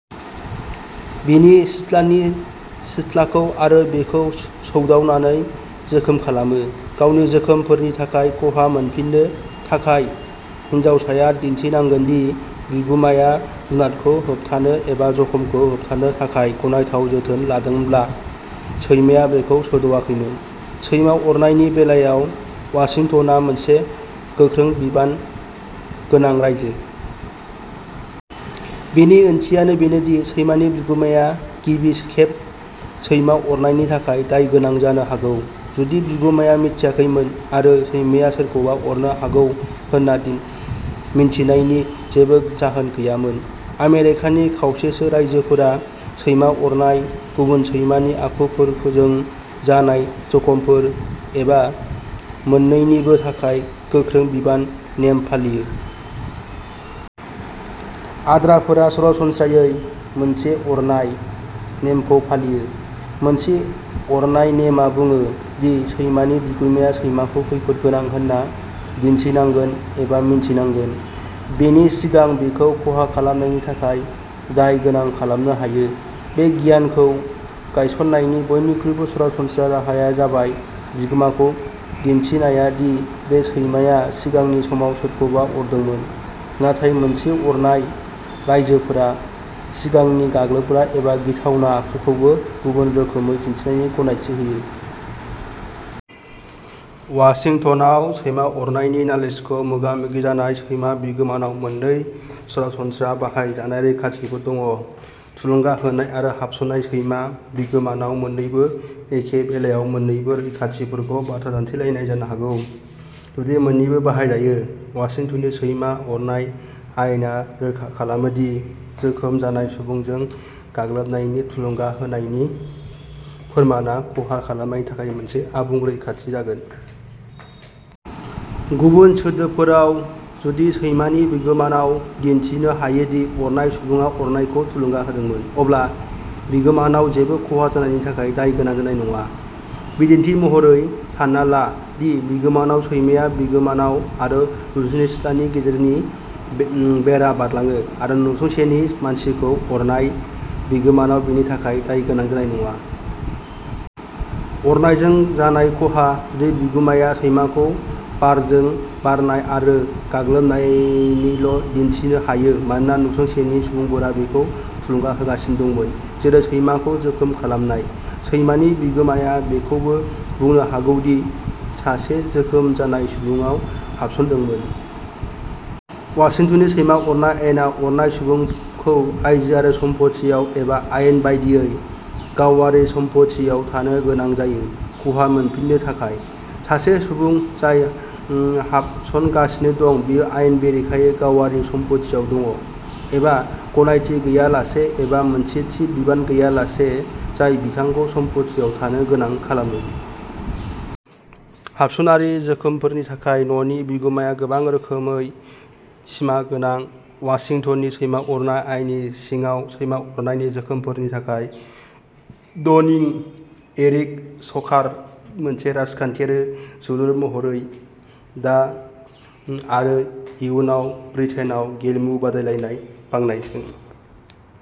बिनि सिथ्लानि सिथ्लाखौ आरो बिखौ सौदावनानै जोखोम खालामो। गावनि जोखोमफोरनि थाखाय खहा मोनफिन्नो थाखाय, हिनजावसाया दिन्थिनांगोन दि बिगुमाया जुनादखौ होबथानो एबा जखमखौ होबथानो थाखाय गनायथाव जोथोन लादोंमोनब्ला सैमाया बिखौ सौदावाखैमोन। सैमा अरनायनि बेलायाव वाशिंटनआ मोनसे "गोख्रों बिबान" गोनां रायजो। बेनि ओंथिया बेनोदि सैमानि बिगुमाया गिबि खेब सैमा अरनायनि थाखाय दायगोनां जानो हागौ, जुदि बिगुमाया मिथियाखैमोन आरो सैमाया सोरखौबा अरनो हागौ होन्ना मिन्थिनायनि जेबो जाहोन गैयामोन। आमेरिकानि खावसेसो रायजोफोरा सैमा अरनाय, गुबुन सैमानि आखुफोरजों जानाय जखमफोर, एबा मोन्नैनिबो थाखाय "गोख्रों बिबान" नेम फालियो। आद्राफोरा सरासनस्रायै "मोनसे अरनाय" नेमखौ फालियो। "मोनसे अरनाय" नेमआ बुङो दि सैमानि बिगुमाया सैमाखौ खैफोदगोनां होनना मिन्थिनांगोन एबा मिन्थिनांगोन बेनि सिगां बिखौ खहा खालामनायनि थाखाय दाय गोनां खालामनो हायो। बे गियानखौ गायसननायनि बयनिख्रुइबो सरासनस्रा राहाया जाबाय बिगोमाखौ दिन्थिनाया दि बे सैमाया सिगांनि समाव सोरखौबा अरदोंमोन, नाथाय "मोनसे अरनाय" रायजोफोरा सिगांनि गाग्लोबग्रा एबा गिथावना आखुखौबो गुबुन रोखोमै दिन्थिनायनि गनायथि होयो। वाशिंटनआव सैमा अरनायनि नालिसखौ मोगा-मोगि जानाय सैमा बिगोमानाव मोननै सरासनस्रा बाहायजानाय रैखाथिफोर दं। थुलुंगा होनाय आरो हाबसननाय सैमा बिगोमानाव मोननैबो एखे बेलायाव मोन्नैबो रैखाथिफोरखौ बाथ्रा दान्थेलायनाय जानो हागौ, जुदि मोननैबो बाहायजायो। वाशिंटननि सैमा अरनाय आयेना रोखा खालामो दि "जोखोम जानाय सुबुंजों गाग्लोबनायनि थुलुंगा होनायनि फोरमानआ खहा खालामनायनि थाखाय मोनसे आबुं रैखाथि जागोन।" गुबुन सोदोबफोराव, जुदि सैमानि बिगोमानाव दिन्थिनो हायो दि अरनाय सुबुङा अरनायखौ थुलुंगा होदोंमोन, अब्ला बिगोमानाव जेबो खहा जानायनि थाखाय दाय गोनां जानाय नङा। बिदिन्थि महरै, सान्ना ला दि बिगोमानाव सैमाया बिगोमानाव आरो नसुंसेनि सिथ्लानि गेजेरनि बेरा बारलाङो आरो नसुंसेनि मानसिखौ अरनाय, बिगोमानाव बेनि थाखाय दाय गोनां जानाय नङा। अरनायजों जानाय खहा, जुदि बिगुमाया सैमाखौ बारजों बारनाय आरो गाग्लोबनायल'दिन्थिनो हायो मानोना नसुंसेनि सुबुंफोरा बेखौ थुलुंगा होगासिनो दंमोन-- जेरै सैमाखौ जोखोम खालामनाय। सैमानि बिगुमाया बेखौबो बुंनो हागौ दि सासे जोखोम जानाय सुबुङा हाबसनदोंमोन। वाशिंटननि सैमा अरनाय आयेना अरनाय सुबुंखौ रायजोआरि सम्फथियाव एबा "आयेन बायदियै" गावारि सम्फथियाव थानो गोनां जायो, खहा मोनफिन्नो थाखाय। सासे सुबुं जाय हाबसनगासिनो दं बियो आयेन बेरेखायै गावारि सम्फथियाव दं, एबा गनायथि गैयालासे एबा मोनसे थि बिबान गैयालासे जाय बिथांखौ सम्फथियाव थानो गोनां खालामो। हाबसनारि जोखोमफोरनि थाखाय न'नि बिगुमाया गोबां रोखोमै सिमागोनां, वाशिंटननि सैमा अरनाय आयेननि सिङाव सैमा अरनायनि जोखोमफोरनि थाखाय डनिं, एरिक सकार मोनसे राजखान्थियारि जोलुर महरैः दा आरो इयुनाव ब्रिटेनआव गेलेमु बादायलायनाय बांनायजों।